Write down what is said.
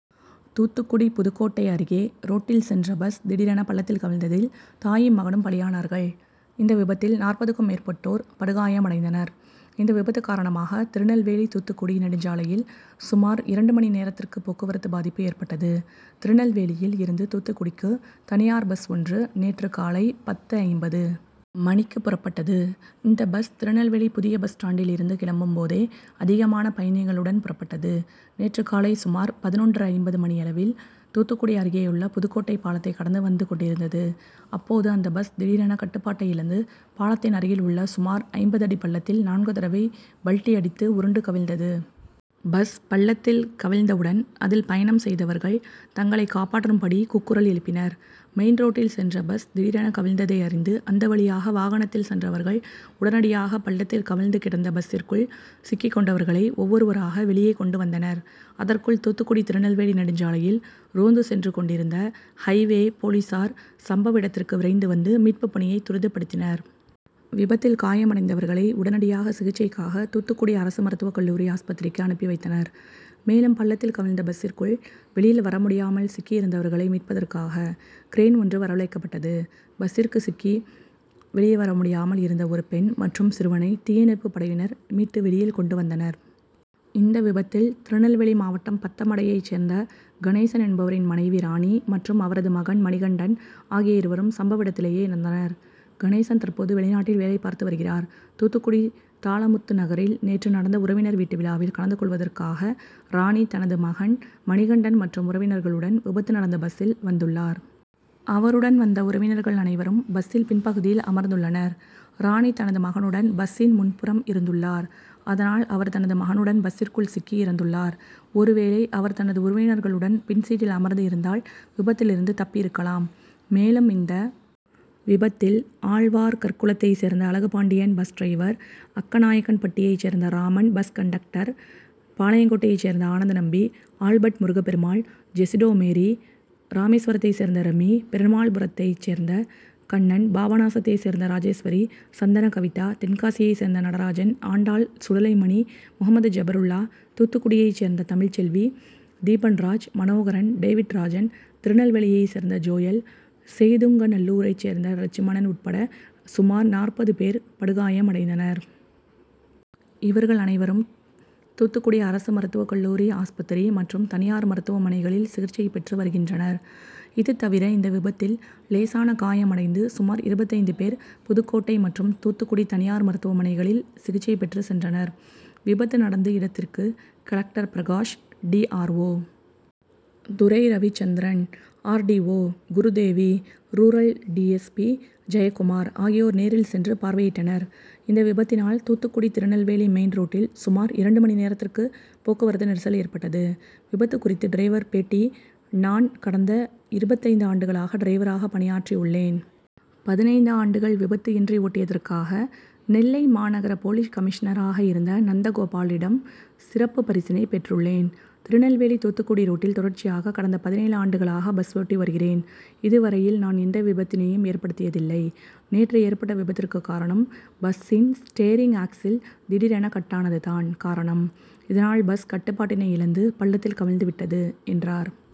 தூத்துக்குடி புதுக்கோட்டை அருகே ரோட்டில் சென்ற பஸ் திடீரென பள்ளத்தில் கவிழ்ந்ததில் தாயும், மகனும் பலியானர்கள். இந்த விபத்தில் நாற்பதுக்கும் மேற்பட்டோர் படுகாயம் அடைந்தனர். இந்த விபத்து காரணமாக திருநெல்வேலி-தூத்துக்குடி நெடுஞ்சாலையில் சுமார் இரண்டு மணி நேரத்திற்கு போக்குவரத்து பாதிப்பு ஏற்பட்டது. திருநெல்வேலியில் இருந்து தூத்துக்குடிக்கு தனியார் பஸ் ஒன்று நேற்று காலை பத்து.ஐம்பது மணிக்கு புறப்பட்டது. இந்த பஸ் திருநெல்வேலி புதிய பஸ் ஸ்டாண்டில் இருந்து கிளம்பும் போதே அதிகமான பயணிகளுடன் புறப்பட்டது. நேற்று காலை சுமார் பதினொன்று.ஐம்பது மணியளவில் தூத்துக்குடி அருகேயுள்ள புதுக்கோட்டை பாலத்தை கடந்து வந்து கொண்டிருந்தது. அப்போது அந்த பஸ் திடீரென கட்டுபாட்டை இழந்து பாலத்தின் அருகில் உள்ள சுமார் ஐம்பது அடி பள்ளத்தில் நான்கு தடவை பல்டி அடித்து உருண்டு கவிழ்ந்தது. பஸ் பள்ளத்தில் கவிழ்ந்தவுடன் அதில் பயணம் செய்தவர்கள் தங்களை காப்பாற்றும் படி கூக்குரல் எழுப்பினர். மெயின்ரோட்டில் சென்ற பஸ் திடீரென கவிழ்ந்ததை அறிந்து அந்த வழியாக வாகனத்தில் சென்றவர்கள் உடனடியாக பள்ளத்தில் கவிழ்ந்து கிடந்த பஸ்சிற்குள் சிக்கிக் கொண்டவர்களை ஒவ்வொருவராக வெளியே கொண்டு வந்தனர். அதற்குள் தூத்துக்குடி-திருநெல்வேலி நெடுஞ்சாலையில் ரோந்து சென்று கொண்டிருந்த ஹைவே- போலீசார் சம்பவ இடத்திற்கு விரைந்து வந்து மீட்பு பணியை துரிதப்படுத்தினர். விபத்தில் காயம் அடைந்தவர்களை உடனடியாக சிகிச்சைக்காக தூத்துக்குடி அரசு மருத்துவக்கல்லூரி ஆஸ்பத்திரிக்கு அனுப்பி வைத்தனர். மேலும் பள்ளத்தில் கவிழ்ந்த பஸ்சிற்குள் வெ ளியில் வரமுடியாமல் சிக்கி இருந்தவர்களை மீட்பதற்காக கிரேன் ஒன்று வரவழைக்கப்பட்டது. பஸ்சிற்கு சிக்கி வெளிவரமுடியாமல் இருந்த ஒரு பெண் மற்றும் சிறுவனை தீயணைப்பு படையினர் மீட்டு வெளியில் கொண்டு வந்தனர். இந்த விபத்தில் திருநெல்வேலி மாவட்டம் பத்தமடையைச் சேர்ந்த கணேசன் என்பவரின் மனைவி ராணி மற்றும் அவரது மகன் மணிகண்டன் ஆகிய இருவரும் சம்பவ இடத்திலேயே இறந்தனர். கணேசன் தற்போது வெளிநாட்டில் வேலைபார்த்து வருகிறார். தூத்துக்குடி தாளமுத்துநகரில் நேற்று நடந்த உறவினர் வீட்டு விழாவில் கலந்து கொள்வதற்காகரா ணி தனது மகன் மணிகண்டன் மற்றும் உறவினர்களுடன் விபத்து நடந்த பஸ்சில் வந்துள்ளார். அவருடன் வந்த உறவினர்கள் அனைவரும் பஸ்சில் பின்பகுதியில் அமர்ந்துள்ளனர். ராணி தனது மகனுடன் பஸ்சின் முன்புறம் இருந்துள்ளார். அதனால் அவர் தனது மகனுடன் பஸ்சிற்குள் சிக்கி இறந்துள்ளார். ஒருவேளை அவர் தனது உறவினர்களுடன் பின்சீட்டில் அமர்ந்து இருந்தால் விபத்தில் இருந்து தப்பி இருக்கலாம். மேலும் இந்த விபத்தில் ஆழ்வார்கற்குளத்தை சேர்ந்த அழகுபாண்டியன் பஸ் டிரைவர், அக்கநாயக்கன்பட்டியைச் சேர்ந்த ராமன், பஸ் கண்டக்டர், பாளையங்கோட்டையைச் சேர்ந்த ஆனந்தநம்பி, ஆல்பர்ட், முருகபெருமாள், ஜெஸிடாமேரி, ராமேஸ்வரத்தை சேர்ந்த ரெமி, பெருமாள்புரத்தை சேர்ந்த கண்ணன், பாபநாசத்தை சேர்ந்த ராஜேஸ்வரி, சந்தனகவிதா, தென்காசியைச் சேர்ந்த நடராஜன், ஆண்டாள், சுடலைமணி, முகமது ஜெபருல்லா, தூத்துக்குடியைச் சேர்ந்த தமிழ்செல்வி, தீபன்ராஜ், மனோகரன், டேவிட்ராஜன், திருநெல்வேலியை சேர்ந்த ஜோயல், செய்துங்கநல்லூரைச் சேர்ந்த லட்சுமணன் உட்பட சுமார் நாற்பது பேர் படுகாயம் அடைந்தனர். இவர்கள் அனைவரும் தூத்துக்குடி அரசு மருத்துவக்கல்லூரி ஆஸ்பத்திரி மற்றும் தனியார் மருத்துவமனைகளில் சிகிச்சை பெற்று வருகின்றனர். இது தவிர இந்த விபத்தில் லேசான காயம் அடைந்து சுமார் இருபத்தைந்து பேர் புதுக்கோட்டை மற்றும் தூத்துக்குடி தனியார் மருத்துவமனைகளில் சிகிச்சை பெற்று சென்றனர். விபத்து நடந்து இடத்திற்கு collector Prakash, டிஆ ர்ஓ., Durai Ravichandran, RTO., Gurudevi, rural டிஎஸ்பி.,ஜெயக்குமார் ஆகியோர் நேரில் சென் று பார்வையிட்டனர். இந்த விபத்தினால் தூத்துக்குடி- திருநெல்வேலி மெயின் ரோட்டில் சுமார் இரண்டு மணி நேரத்திற்கு போக்குவரத்து நெரிசல் ஏற்பட்டது. விபத்து குறித்து டிரைவர் பேட்டி நான் கடந்த இருபத்தைந்து ஆண்டுகளாக டிரைவராக பணியாற்றி உள்ளேன். பதினைந்து ஆண்டுகள் விபத்து இன்றி ஓட்டியதற்காக நெல்லை மாநகர போலீஸ் கமிஷனராக இருந்த நந்தகோபாலிடம் சிறப்பு பரிசினை பெற்றுள்ளேன். திருநெல்வேலி- தூத்துக்குடி ரூட்டில் தொடர்ச்சியாக கடந்த பதினேழு ஆண்டுகளாக பஸ் ஓட்டி வருகிறேன். இதுவரையில் நான் எந்த விபத்தினையும் ஏற்படுத்தியதில்லை. நேற்று ஏற்பட்ட விபத்திற்கு காரணம் பஸ்சின் ஸ்டேரிங் ஆக்சில் திடீரென கட் ஆனது தான் காரணம். இதனால் பஸ் கட்டுபாட்டினை இழந்து பள்ளத்தில் கவிழந்து விட்டது என்றார்.